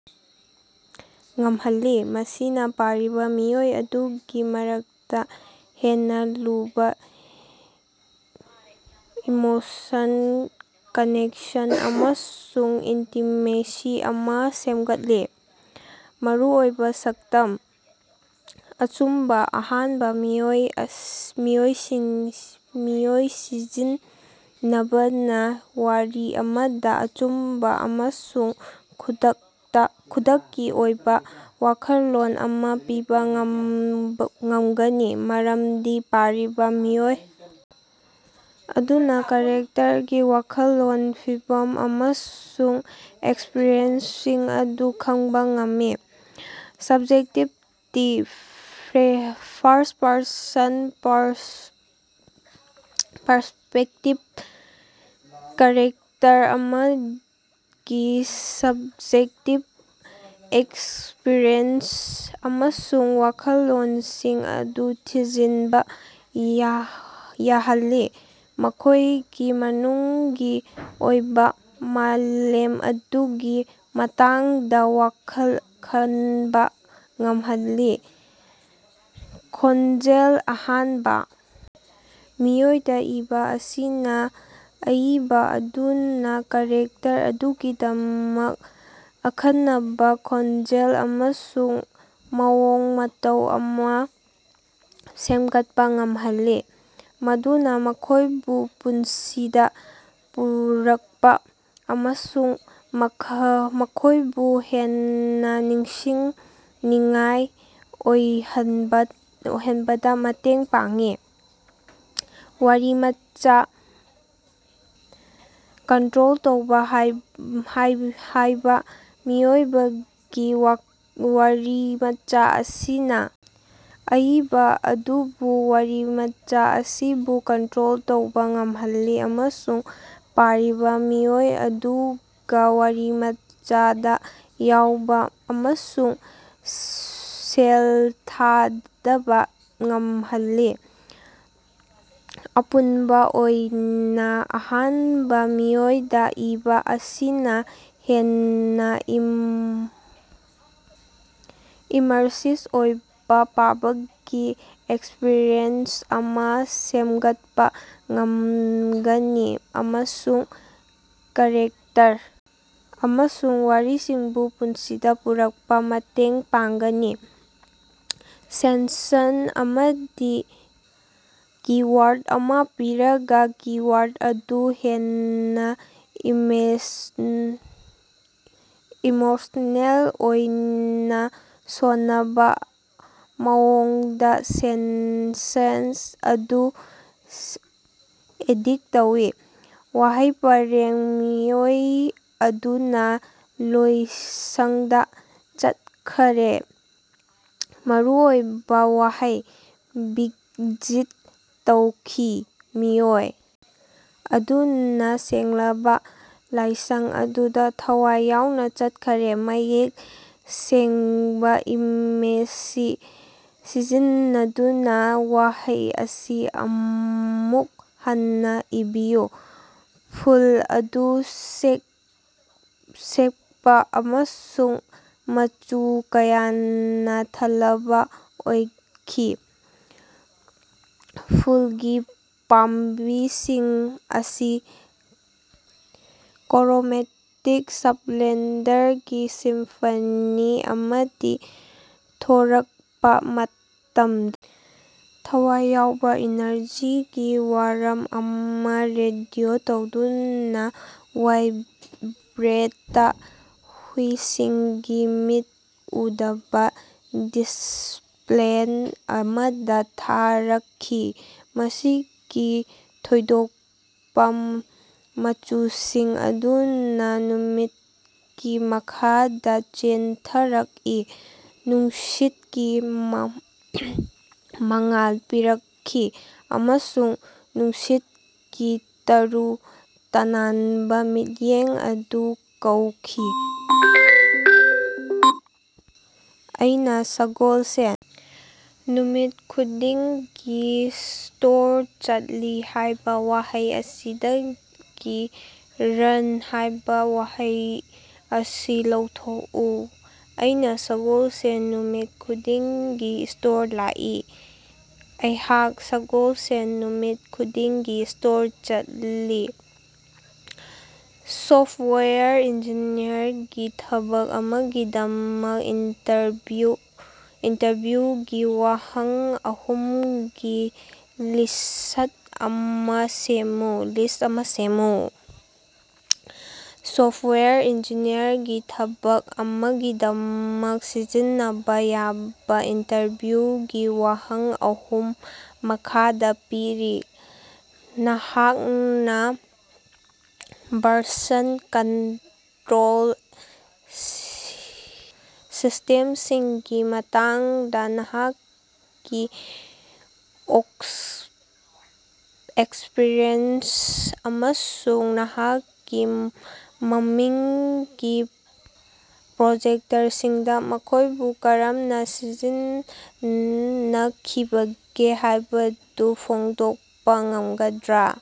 ꯉꯝꯍꯜꯂꯤ, ꯃꯁꯤꯅ ꯄꯥꯔꯤꯕ ꯃꯤꯑꯣꯏ ꯑꯗꯨꯒꯤ ꯃꯔꯛꯇ ꯍꯦꯟꯅ ꯂꯨꯕ ꯏꯃꯣꯁꯟ ꯀꯅꯦꯛꯁꯟ ꯑꯃꯁꯨꯡ ꯏꯟꯇꯤꯃꯦꯁꯤ ꯑꯃ ꯁꯦꯝꯒꯠꯂꯤ꯫ ꯃꯔꯨꯑꯣꯏꯕ ꯁꯛꯇꯝ꯫ ꯑꯆꯨꯝꯕ: ꯑꯍꯥꯟꯕ ꯃꯤꯑꯣꯏ ꯁꯤꯖꯤꯟꯅꯕꯅ ꯋꯥꯔꯤ ꯑꯃꯗ ꯑꯆꯨꯝꯕ ꯑꯃꯁꯨꯡ ꯈꯨꯗꯛꯀꯤ ꯑꯣꯏꯕ ꯋꯥꯈꯜꯂꯣꯟ ꯑꯃ ꯄꯤꯕ ꯉꯝꯒꯅꯤ ꯃꯔꯝꯗꯤ ꯄꯥꯔꯤꯕ ꯃꯤꯑꯣꯏ ꯑꯗꯨꯅ ꯀꯦꯔꯦꯛꯇꯔꯒꯤ ꯋꯥꯈꯜꯂꯣꯟ, ꯐꯤꯚꯝ ꯑꯃꯁꯨꯡ ꯑꯦꯛꯁꯄꯔꯤꯌꯦꯟꯁꯁꯤꯡ ꯑꯗꯨ ꯈꯪꯕ ꯉꯝꯏ꯫ ꯁꯕꯖꯦꯛꯇꯤꯕꯤꯇꯤ: ꯐꯥꯔꯁ꯭ꯠ-ꯄꯔꯁꯟ ꯄꯔꯁꯄꯦꯛꯇꯤꯚꯅ ꯀꯦꯔꯦꯛꯇꯔ ꯑꯃꯒꯤ ꯁꯕꯖꯦꯛꯇꯤꯚ ꯑꯦꯛꯁꯄꯔꯤꯑꯦꯟꯁ ꯑꯃꯁꯨꯡ ꯋꯥꯈꯜꯂꯣꯟꯁꯤꯡ ꯑꯗꯨ ꯊꯤꯖꯤꯟꯕ ꯌꯥꯍꯜꯂꯤ, ꯃꯈꯣꯢꯒꯤ ꯃꯅꯨꯡꯒꯤ ꯑꯣꯏꯕ ꯃꯥꯂꯦꯝ ꯑꯗꯨꯒꯤ ꯃꯇꯥꯡꯗ ꯋꯥꯈꯜ ꯈꯟꯕ ꯉꯝꯍꯜꯂꯤ ꯫ ꯈꯣꯟꯖꯦꯜ: ꯑꯍꯥꯟꯕ ꯃꯤꯑꯣꯏꯗ ꯏꯕ ꯑꯁꯤꯅ ꯑꯏꯕ ꯑꯗꯨꯅ ꯀꯦꯔꯦꯛꯇꯔ ꯑꯗꯨꯒꯤꯗꯃꯛ ꯑꯈꯟꯅꯕ ꯈꯣꯟꯖꯦꯜ ꯑꯃꯁꯨꯡ ꯃꯑꯣꯡ ꯃꯇꯧ ꯑꯃ ꯁꯦꯝꯒꯠꯄ ꯉꯝꯍꯜꯂꯤ, ꯃꯗꯨꯅ ꯃꯈꯣꯏꯕꯨ ꯄꯨꯟꯁꯤꯗ ꯄꯨꯔꯛꯄ ꯑꯃꯁꯨꯡ ꯃꯈꯣꯏꯕꯨ ꯍꯦꯟꯅ ꯅꯤꯡꯁꯤꯡꯅꯤꯡꯉꯥꯏ ꯑꯣꯏꯍꯟꯕꯗ ꯃꯇꯦꯡ ꯄꯥꯡꯏ꯫ ꯋꯥꯔꯤꯃꯆꯥ ꯀꯟꯇ꯭ꯔꯣꯜ ꯇꯧꯕ: ꯑꯍꯥꯟꯕ ꯃꯤꯑꯣꯏꯒꯤ ꯋꯥꯔꯤꯃꯆꯥ ꯑꯁꯤꯅ ꯑꯏꯕ ꯑꯗꯨꯕꯨ ꯋꯥꯔꯤꯃꯆꯥ ꯑꯁꯤꯕꯨ ꯀꯟꯇ꯭ꯔꯣꯜ ꯇꯧꯕ ꯉꯝꯍꯜꯂꯤ ꯑꯃꯁꯨꯡ ꯄꯥꯔꯤꯕ ꯃꯤꯑꯣꯏ ꯑꯗꯨꯒ ꯋꯥꯔꯤꯃꯆꯥꯗ ꯌꯥꯎꯕ ꯑꯃꯁꯨꯡ ꯁꯦꯜ ꯊꯥꯗꯕ ꯉꯝꯍꯜꯂꯤ꯫ ꯑꯄꯨꯟꯕ ꯑꯣꯏꯅ ꯑꯍꯥꯟꯕ ꯃꯤꯑꯣꯏꯗ ꯏꯕ ꯑꯁꯤꯅ ꯍꯦꯟꯅ ꯏꯃꯔꯁꯤꯚ ꯑꯣꯏꯕ ꯄꯥꯕꯒꯤ ꯑꯦꯛꯁꯄꯔꯤꯌꯦꯟꯁ ꯑꯃ ꯁꯦꯝꯒꯠꯄ ꯉꯝꯒꯅꯤ ꯑꯃꯁꯨꯡ ꯀꯦꯔꯦꯛꯇꯔ ꯑꯃꯁꯨꯡ ꯋꯥꯔꯤꯁꯤꯡꯕꯨ ꯄꯨꯟꯁꯤꯗ ꯄꯨꯔꯛꯄꯗ ꯃꯇꯦꯡ ꯄꯥꯡꯒꯅꯤ꯫ ꯁꯦꯟꯁꯟ ꯑꯃꯗꯤ ꯀꯤ-ꯋꯥꯔꯗ ꯑꯃ ꯄꯤꯔꯒ, ꯀꯤ-ꯋꯥꯔꯗ ꯑꯗꯨ ꯍꯦꯟꯅ ꯏꯃꯣꯁꯅꯦꯜ ꯑꯣꯏꯅ ꯁꯣꯅꯕ ꯃꯑꯣꯡꯗ ꯁꯦꯟꯁꯟ ꯑꯗꯨ ꯑꯦꯗꯤꯠ ꯇꯧ꯫ ꯋꯥꯍꯩ ꯄꯔꯦꯡ: ꯃꯤꯑꯣꯏ ꯑꯗꯨꯅ ꯂꯥꯏꯁꯪꯗ ꯆꯠꯈ꯭ꯔꯦ꯫ ꯃꯔꯨꯑꯣꯏꯕ ꯋꯥꯍꯩ: ꯚꯤꯖꯤꯠ ꯇꯧꯈꯤ꯫ ꯃꯤꯑꯣꯏ ꯑꯗꯨꯅ ꯁꯦꯡꯂꯕ ꯂꯥꯏꯁꯪ ꯑꯗꯨꯗ ꯊꯋꯥꯏ ꯌꯥꯎꯅ ꯆꯠꯈ꯭ꯔꯦ꯫ ꯃꯌꯦꯛ ꯁꯦꯡꯕ ꯏꯃꯦꯖꯔꯤ ꯁꯤꯖꯤꯟꯅꯗꯨꯅ ꯋꯥꯍꯩ ꯑꯁꯤ ꯑꯃꯨꯛ ꯍꯟꯅ ꯏꯕꯤꯌꯨ꯫ ꯐꯨꯜ ꯑꯗꯨ ꯁꯣꯛꯄ ꯑꯃꯁꯨꯡ ꯃꯆꯨ ꯀꯌꯥꯅ ꯊꯜꯂꯕ ꯑꯣꯏꯈꯤ꯫ ꯐꯨꯜꯒꯤ ꯄꯥꯝꯕꯤꯁꯤꯡ ꯑꯁꯤ ꯀ꯭ꯔꯣꯃꯦꯇꯤꯛ ꯁꯞꯂꯦꯟꯗꯔꯒꯤ ꯁꯤꯝꯐꯅꯤ ꯑꯃꯗ ꯊꯣꯔꯛꯄ ꯃꯇꯝꯗ ꯊꯋꯥꯏ ꯌꯥꯎꯕ ꯏꯅꯔꯖꯤꯒꯤ ꯋꯥꯔꯝ ꯑꯃ ꯔꯦꯗꯤꯑꯣ ꯇꯧꯗꯨꯅ ꯋꯥꯏꯕ꯭ꯔꯦꯟꯇ ꯍꯨꯏꯁꯤꯡꯒꯤ ꯃꯤꯠ ꯎꯗꯕ ꯗꯤꯁꯄ꯭ꯂꯦ ꯑꯃꯗ ꯊꯣꯔꯛꯈꯤ꯫ ꯃꯁꯤꯒꯤ ꯊꯣꯏꯗꯣꯛꯄ ꯃꯆꯨꯁꯤꯡ ꯑꯗꯨꯅ ꯅꯨꯃꯤꯠꯀꯤ ꯃꯈꯥꯗ ꯆꯦꯟꯊꯔꯛꯏ, ꯅꯨꯡꯁꯤꯠꯀꯤ ꯃꯉꯥꯜ ꯄꯤꯔꯛꯈꯤ ꯑꯃꯁꯨꯡ ꯅꯨꯡꯁꯤꯠꯀꯤ ꯇꯔꯨ ꯇꯅꯥꯟꯕ ꯃꯤꯠꯌꯦꯡ ꯑꯗꯨ ꯀꯧꯈꯤ꯫ "ꯑꯩꯅ ꯁꯒꯣꯜꯁꯦꯟ ꯅꯨꯃꯤꯠ ꯈꯨꯗꯤꯡꯒꯤ ꯁ꯭ꯇꯣꯔꯗ ꯆꯠꯂꯤ" ꯍꯥꯏꯕ ꯋꯥꯍꯩ ꯑꯁꯤꯗꯒꯤ 'ꯔꯟ' ꯍꯥꯏꯕ ꯋꯥꯍꯩ ꯑꯁꯤ ꯂꯧꯊꯣꯛꯎ ꯫ ꯑꯩꯅ ꯁꯒꯣꯜꯁꯦꯟ ꯅꯨꯃꯤꯠ ꯈꯨꯗꯤꯡꯒꯤ ꯁ꯭ꯇꯣꯔꯗ ꯂꯥꯛꯏ꯫ ꯑꯩꯍꯥꯛ ꯁꯒꯣꯜꯁꯦꯟ ꯅꯨꯃꯤꯠ ꯈꯨꯗꯤꯡꯒꯤ ꯁ꯭ꯇꯣꯔꯗ ꯆꯠꯂꯤ꯫ ꯁꯣꯐꯇꯋꯥꯌꯔ ꯏꯟꯖꯤꯅꯤꯌꯔꯒꯤ ꯊꯕꯛ ꯑꯃꯒꯤꯗꯃꯛ ꯏꯟꯇꯔꯚꯤꯎꯒꯤ ꯋꯥꯍꯪ ꯑꯍꯨꯝꯒꯤ ꯂꯤꯁ꯭ꯠ ꯑꯃ ꯁꯦꯝꯃꯨ꯫ ꯁꯣꯐꯇꯋꯥꯌꯔ ꯏꯟꯖꯤꯅꯤꯌꯔꯒꯤ ꯊꯕꯛ ꯑꯃꯒꯤꯗꯃꯛ ꯁꯤꯖꯤꯟꯅꯕ ꯌꯥꯕ ꯏꯟꯇꯔꯚ꯭ꯌꯨꯒꯤ ꯋꯥꯍꯪ ꯑꯍꯨꯝ ꯃꯈꯥꯗ ꯄꯤꯔꯤ: ꯅꯍꯥꯛꯅ ꯚꯔꯁꯟ ꯀꯟꯇ꯭ꯔꯣꯜ ꯁꯤꯁꯇꯦꯝꯁꯤꯡꯒꯤ ꯃꯇꯥꯡꯗ ꯅꯍꯥꯛꯀꯤ ꯑꯦꯛꯁꯄꯔꯤꯌꯦꯟꯁ ꯑꯃꯁꯨꯡ ꯅꯍꯥꯛꯀꯤ ꯃꯃꯥꯡꯒꯤ ꯄ꯭ꯔꯣꯖꯦꯛꯇꯁꯤꯡꯗ ꯃꯈꯣꯏꯕꯨ ꯀꯔꯝꯅ ꯁꯤꯖꯤꯟꯅꯈꯤꯕꯒꯦ ꯍꯥꯏꯕꯗꯨ ꯐꯣꯡꯗꯣꯛꯄ ꯉꯝꯒꯗ꯭ꯔꯥ?